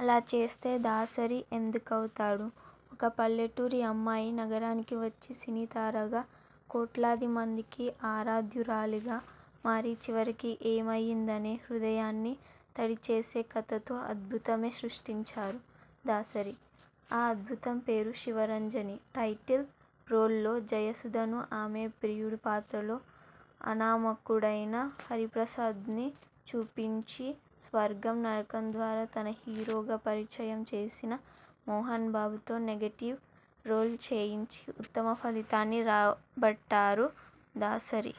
అలా చేస్తే దాసరి ఎందుకవుతాడు! ఒక పల్లెటూరి అమ్మాయి నగరానికి వచ్చి, సినీ తారగా కోట్లాదిమందికి ఆరాధ్యురాలిగా మారి, చివరకు ఏమయ్యిందనే హృదయాన్ని తడిచేసే కథతో అద్భుతమే సృష్టించారు దాసరి. ఆ అద్భుతం పేరు 'శివరంజని'. టైటిల్ రోల్లో జయసుధను, ఆమె ప్రియుడి పాత్రలో అనామకుడైన హరిప్రసాద్ను చూపించి, 'స్వర్గం నరకం' ద్వారా తను హీరోగా పరిచయం చేసిన మోహనబాబుతో నెగటివ్ రోల్ చేయించి ఉత్తమ ఫలితాన్ని రాబట్టారు దాసరి.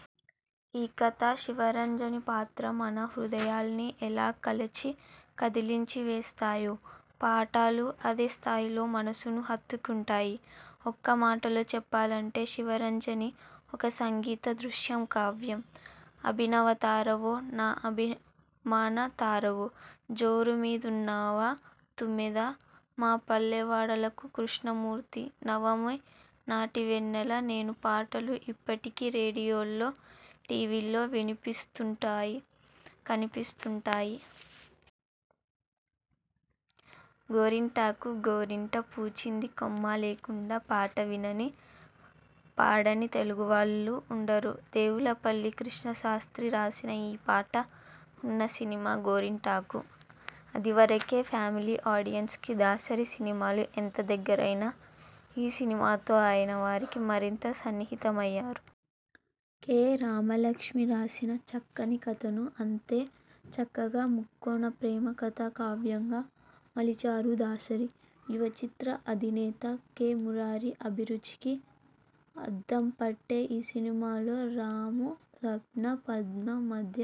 ఈ కథ, శివరంజని పాత్ర మన హృదయాల్ని ఎలా కలచి, కదిలించి వేస్తాయో, పాటలూ అదే స్థాయిలో మనసును హత్తుకుంటాయి. ఒక్క మాటలో చెప్పాలంటే 'శివరంజని' ఒక సంగీత దృశ్య కావ్యం. 'అభినవ తారవో నా అభిమాన తారవో', 'జోరు మీదున్నావా తుమ్మెదా', 'మా పల్లె వాడలకు కృష్ణమూర్తీ', 'నవమి నాటి వెన్నెల నేను' పాటలు ఇప్పటికీ రేడియోల్లో, టీవీల్లో వినిపిస్తుంటాయి, కనిపిస్తుంటాయి. గోరింటాకు 'గోరింట పూచింది కొమ్మా లేకుండా ' పాట వినని, పాడని తెలుగువాళ్లు ఉండరు. దేవులపల్లి కృష్ణశాస్త్రీ రాసిన ఈ పాట ఉన్న సినిమా 'గోరింటాకు'. అదివరకే ఫ్యామిలీ ఆడియెన్స్ కు దాసరి సినిమాలు ఎంత దగ్గరైనా, ఈ సినిమాతో ఆయన వారికి మరింత సన్నిహితమయ్యారు. కె. రామలక్ష్మి రాసిన చక్కని కథను, అంతే చక్కగా ముక్కోణ ప్రేమకథా కావ్యంగా మలిచారు దాసరి. యువచిత్ర అధినేత కె. మురారి అభిరుచికి అద్దంపట్టే ఈ సినిమాలో రాము, స్వప్న, పద్మ మధ్య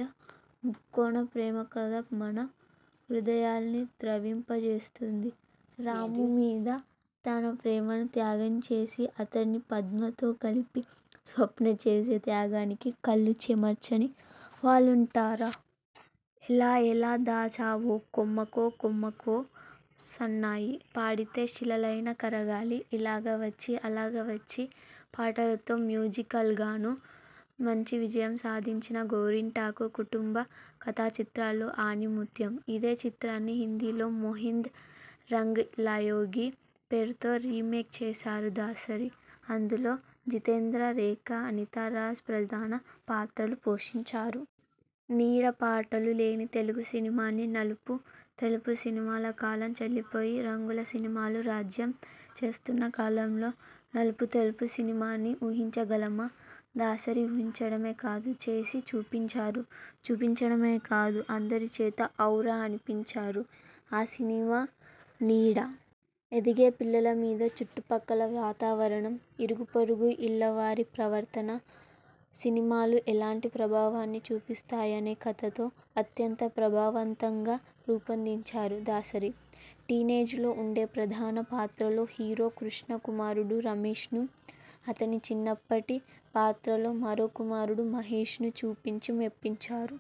ముక్కోణ ప్రేమకథ మన హృదయాల్ని ద్రవింపచేస్తుంది. రాముమీద తన ప్రేమను త్యాగం చేసి, అతడిని పద్మతో కలిపి, స్వప్న చేసే త్యాగానికి కళ్లు చెమర్చని వాళ్లుంటారా! 'ఎలా ఎలా దాచావో', 'కొమ్మకో కొమ్మకో సన్నాయి', 'పాడితే శిలలైన కరగాలి', 'ఇలాగ వచ్చి అలాగ వచ్చి' పాటలతో మ్యూజికల్గానూ మంచి విజయం సాధించిన 'గోరింటాకు' కుటుంబ కథాచిత్రాల్లో ఆణిముత్యం. ఇదే చిత్రాన్ని హిందీలో 'మెహందీ రంగ్ లాయేగీ' పేరుతో రీమేక్ చేశారు దాసరి. అందులో జితేంద్ర, రేఖ, అనితా రాజ్ ప్రధాన పాత్రలు పోషించారు. నీడ పాటలు లేని తెలుగు సినిమాని, నలుపు తెలుపు సినిమాల కాలం చెల్లిపోయి రంగుల సినిమాలు రాజ్యం చేస్తున్న కాలంలో నలుపు తెలుపు సినిమాని ఊహించగలమా? దాసరి ఊహించడమే కాదు, చేసి చూపించారు. చూపించడమే కాదు అందరి చేతా 'ఔరా' అనిపించారు. ఆ సినిమా 'నీడ'. ఎదిగే పిల్లలమీద చుట్టుపక్కల వాతావరణం, ఇరుగుపొరుగు ఇళ్లవారి ప్రవర్తన, సినిమాలు ఎలాంటి ప్రభావాన్ని చూపిస్తాయనే కథతో, అత్యంత ప్రభావవంతంగా రూపొందించారు దాసరి. టీనేజ్లో ఉండే ప్రధాన పాత్రలో హీరో కృష్ణ కుమారుడు రమేశ్ ను, అతని చిన్నప్పటి పాత్రలో మరో కుమారుడు మహేశను చూపించి మెప్పించారు.